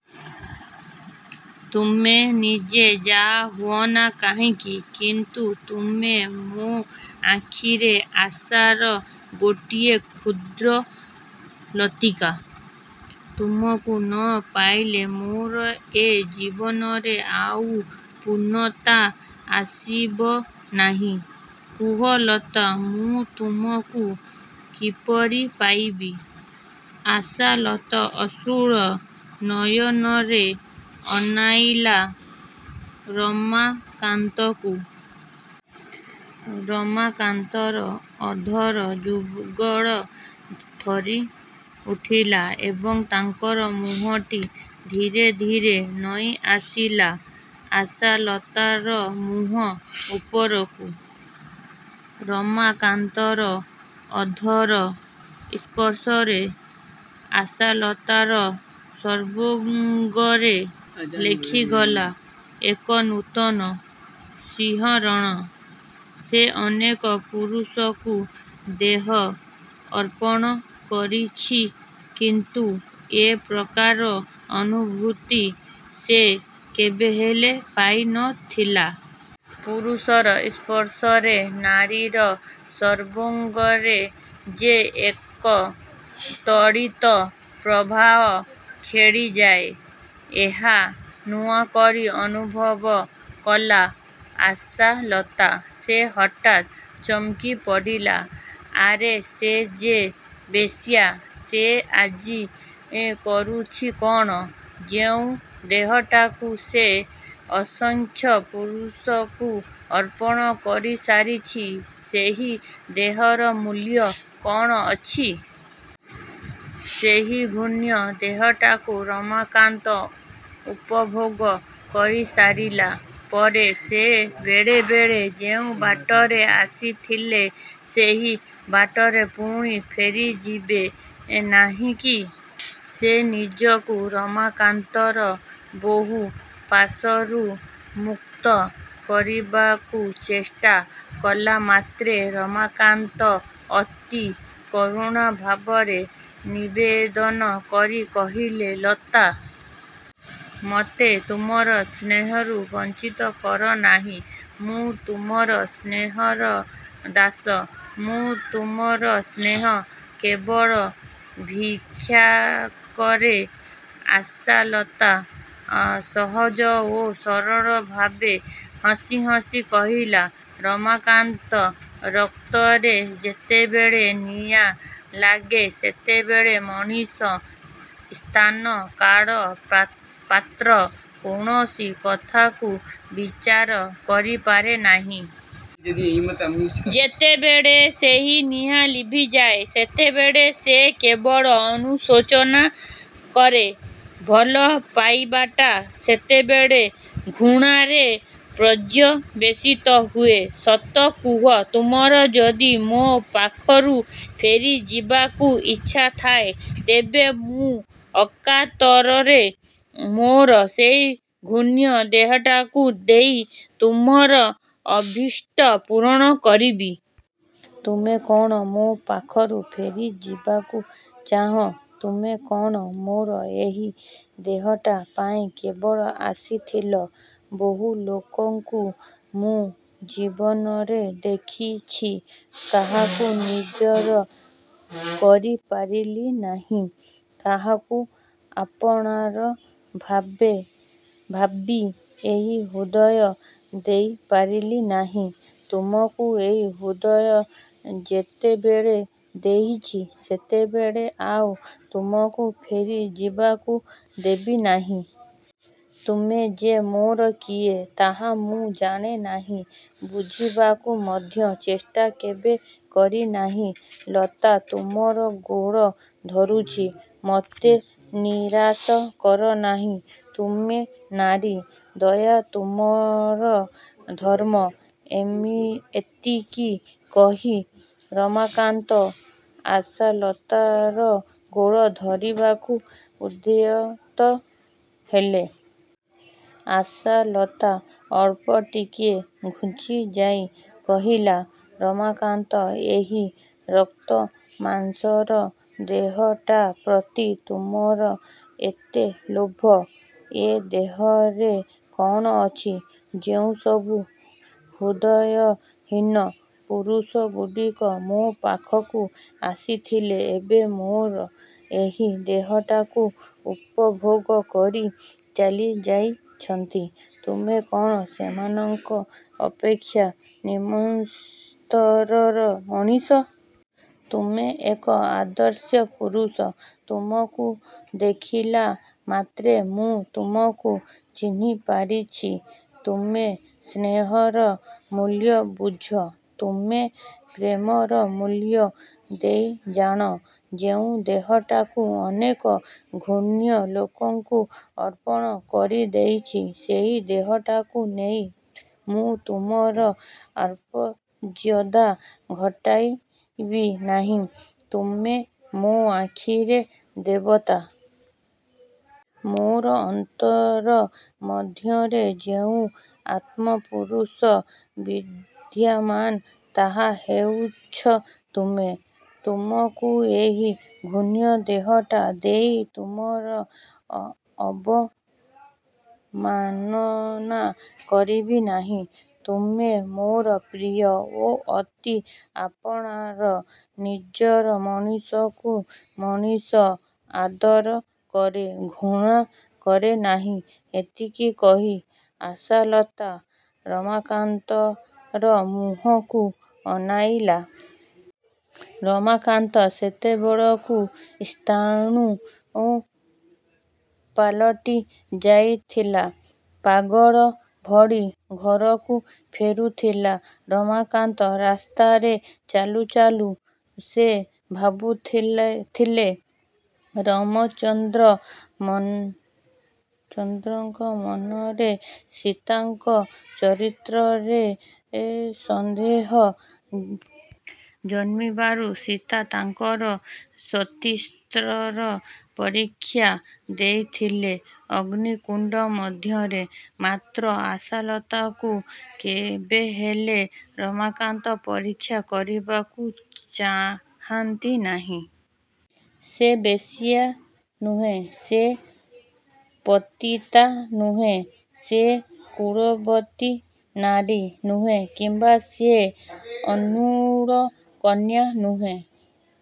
ତୁମେ ନିଜେ ଯାହା ହୁଅନା କାହିଁକି; କିନ୍ତୁ ତୁମେ ମୋ ଆଖିରେ ଆଶାର ଗୋଟିଏ କ୍ଷୁଦ୍ର ଲତିକା। ତୁମକୁ ନ ପାଇଲେ ମୋର ଏ ଜୀବନରେ ଆଉ ପୂର୍ଣ୍ଣତା ଆସିବ ନାହିଁ। କୁହ ଲତା! ମୁଁ ତୁମକୁ କିପରି ପାଇବି? '' ଆଶାଲତା ଅଶ୍ରୁଳ ନୟନରେ ଅନାଇଲା ରମାକାନ୍ତକୁ। ରମାକାନ୍ତର ଅଧର ଯୁଗଳ ଥରିଉଠିଲା ଏବଂ ତାଙ୍କର ମୁହଁଟି ଧୀରେ ଧୀରେ ନଇଁଆସିଲା ଆଶାଲତାର ମୁହଁ ଉପରକୁ। ରମାକାନ୍ତର ଅଧର ସ୍ପର୍ଶରେ ଆଶାଲତାର ସର୍ବାଙ୍ଗରେ ଖେଲିଗଲା ଏକ ନୂତନ ସିହରଣ। ସେ ଅନେକ ପୁରୁଷକୁ ଦେହ ଅର୍ପଣ କରିଛି କିନ୍ତୁ ଏ ପ୍ରକାର ଅନୁଭୂତି ସେ କେବେହେଲେ ପାଇ ନ ଥିଲା। ପୁରୁଷର ସ୍ପର୍ଶରେ ନାରୀର ସର୍ବାଙ୍ଗରେ ଯେ ଏକ ତଡ଼ିତ ପ୍ରବାହ ଖେଳିଯାଏ ଏହା ନୂଆକରି ଅନୁଭବ କଲା ଆଶାଲତା। ସେ ହଠାତ୍ ଚମକି ପଡ଼ିଲା। ଆରେ ସେ ଯେ ବେଶ୍ୟା। ସେ ଆଜି କରୁଛି କ'ଣ? ଯେଉଁ ଦେହଟାକୁ ସେ ଅସଂଖ୍ୟ ପୁରୁଷକୁ ଅର୍ପଣ କରିସାରିଛି ସେହି ଦେହର ମୂଲ୍ୟ କ'ଣ ଅଛି? ସେହି ଘୃଣ୍ୟ ଦେହଟାକୁ ରମାକାନ୍ତ ଉପଭୋଗ କରିସାରିଲା ପରେ ସେ ବଳେ ବଳେ ଯେଉଁ ବାଟରେ ଆସିଥିଲେ ସେହି ବାଟରେ ପୁଣି ଫେରିଯିବେ ନାହିଁକି? ସେ ନିଜକୁ ରମାକାନ୍ତର ବାହୁପାଶରୁ ମୁକ୍ତ କରିବାକୁ ଚେଷ୍ଟା କଲାମାତ୍ରେ ରମାକାନ୍ତ ଅତି କରୁଣଭାବରେ ନିବେଦନ କରି କହିଲେ, ''ଲତା! ମୋତେ ତୁମର ସ୍ନେହରୁ ବଞ୍ଚିତ କରନାହିଁ। ମୁଁ ତୁମର ସ୍ନେହର ଦାସ। ମୁଁ ତୁମର ସ୍ନେହ କେବଳ ଭିକ୍ଷାକରେ। '' ଆଶାଲତା ସହଜ ଓ ସରଳ ଭାବେ ହସି ହସି କହିଲା, ''ରମାକାନ୍ତ! ରକ୍ତରେ ଯେତେବେଳେ ନିଆଁ ଲାଗେ ସେତେବେଳେ ମଣିଷ ସ୍ଥାନ, କାଳ, ପାତ୍ର କୌଣସି କଥାକୁ ବିଚାର କରିପାରେ ନାହିଁ। ଯେତେବେଳେ ସେହି ନିଆଁ ଲିଭିଯାଏ, ସେତେବେଳେ ସେ କେବଳ ଅନୁଶୋଚନା କରେ। ଭଲ ପାଇବାଟା ସେତେବେଳେ ଘୃଣାରେ ପର୍ଯ୍ୟବେସିତ ହୁଏ। ସତ କୁହ, ତୁମର ଯଦି ମୋ ପାଖରୁ ଫେରିଯିବାକୁ ଇଚ୍ଛାଥାଏ, ତେବେ ମୁଁ ଅକାତରରେ ମୋର ଏହି ଘୃଣ୍ୟଦେହଟାକୁ ଦେଇ ତୁମର ଅଭୀଷ୍ଟ ପୂରଣ କରିବି। ତୁମେ କ'ଣ ମୋ ପାଖରୁ ଫେରିଯିବାକୁ ଚାହଁ ତୁମେ କ'ଣ? ମୋର ଏହି ଦେହଟା ପାଇଁ କେବଳ ଆସିଥିଲ? ବହୁ ଲୋକଙ୍କୁ ମୁଁ ଜୀବନରେ ଦେଖିଛି। କାହାକୁ ନିଜର କରିପାରିଲି ନାହିଁ। କାହାକୁ ଆପଣାର ଭାବି ଏ ହୃଦୟ ଦେଇପାରିଲି ନାହିଁ। ତୁମକୁ ଏ ହୃଦୟ ଯେତେବେଳେ ଦେଇଛି ସେତେବେଳେ ଆଉ ତୁମକୁ ଫେରିଯିବାକୁ ଦେବିନାହିଁ। ତୁମେ ଯେ ମୋର କିଏ ତାହା ମୁଁ ଜାଣେ ନାହିଁ। ବୁଝିବାକୁ ମଧ୍ୟ ଚେଷ୍ଟା କେବେ କରିନାହିଁ। '' ''ଲତା! ତୁମର ଗୋଡ଼ ଧରୁଚି। ମୋତେ ନିରାଶ କର ନାହିଁ। ତୁମେ ନାରୀ। ଦୟା ତୁମର ଧର୍ମ। '' ଏତିକି କହି ରମାକାନ୍ତ ଆଶାଲତାର ଗୋଡ଼ ଧରିବାକୁ ଉଦ୍ୟତ ହେଲେ। ଆଶାଲତା ଅଳ୍ପ ଟିକିଏ ଘୁଞ୍ଚିଯାଇ କହିଲା, ''ରମାକାନ୍ତ! ଏହି ରକ୍ତମାଂସର ଦେହଟାପ୍ରତି ତୁମର ଏତେ ଲୋଭ? ଏ ଦେହରେ କ'ଣ ଅଛି? ଯେଉଁସବୁ ହୃଦୟହୀନ ପୁରୁଷଗୁଡ଼ିକ ମୋ ପାଖକୁ ଆସିଥିଲେ ଏବଂ ମୋର ଏହି ଦେହଟାକୁ ଉପଭୋଗ କରି ଚାଲିଯାଇଛନ୍ତି, ତୁମେ କ'ଣ ସେମାନଙ୍କ ଅପେକ୍ଷା ନିମ୍ନସ୍ତରର ମଣିଷ? ତୁମେ ଏକ ଆଦର୍ଶ ପୁରୁଷ-। ତୁମକୁ ଦେଖିଲା ମାତ୍ରେ ମୁଁ ତୁମକୁ ଚିହ୍ନିପାରିଛି। ତୁମେ ସ୍ନେହର ମୂଲ୍ୟ ବୁଝ। ତୁମେ ପ୍ରେମର ମୂଲ୍ୟ ଦେଇଜାଣ। ଯେଉଁ ଦେହଟାକୁ ଅନେକ ଘୃଣ୍ୟଲୋକଙ୍କୁ ଅର୍ପଣ କରିଦେଇଛି, ସେହି ଦେହଟାକୁ ଦେଇ ମୁଁ ତୁମର ଅମର୍ଯ୍ୟଦା ଘଟାଇବି ନାହିଁ। ତୁମେ ମୋ ଆଖିରେ ଦେବତା। ମୋର ଅନ୍ତର ମଧ୍ୟରେ ଯେଉଁ ଆତ୍ମପୁରୁଷ ବିଦ୍ୟମାନ ତାହା ହେଉଛ ତୁମେ। ତୁମକୁ ଏହି ଘୃଣ୍ୟଦେହଟା ଦେଇ ତୁମର ଅବମାନନା କରିବି ନାହିଁ। ତୁମେ ମୋର ପ୍ରିୟ ଓ ଅତି ଆପଣାର। ନିଜର ମଣିଷକୁ ମଣିଷ ଆଦର କରେ। ଘୃଣା କରେ ନାହିଁ। ଏତିକି କହି ଆଶାଲତା ରମାକାନ୍ତର ମୁହଁକୁ ଅନାଇଲା। ରମାକାନ୍ତ ସେତେବେଳକୁ ସ୍ଥାଣୁ ପାଲଟି ଯାଇଥିଲେ। ପାଗଳ ଭଳି ଘରକୁ ଫେରୁଥିଲେ ରମାକାନ୍ତ। ରାସ୍ତାରେ ଚାଲୁ ଚାଲୁ ସେ ଭାବୁଥିଲେ ରାମଚନ୍ଦ୍ରଙ୍କ ମନରେ ସୀତାଙ୍କ ଚରିତ୍ରରେ ସନ୍ଦେହ ଜନ୍ମିବାରୁ ସୀତା ତାଙ୍କର ସତୀତ୍ୱର ପରୀକ୍ଷା ଦେଇଥିଲେ ଅଗ୍ନିକୁଣ୍ଡ ମଧ୍ୟରେ। ମାତ୍ର ଆଶାଲତାକୁ କେବେହେଲେ ରମାକାନ୍ତ ପରୀକ୍ଷା କରିବାକୁ ଚାହାଁନ୍ତି ନାହିଁ। ସେ ବେଶ୍ୟା ନୁହେଁ। ସେ ପତିତା ନୁହେଁ। ସେ କୁଳବତୀ ନାରୀ ନୁହେଁ କିମ୍ବା ସେ ଅନୂଢ଼ କନ୍ୟା ନୁହେଁ।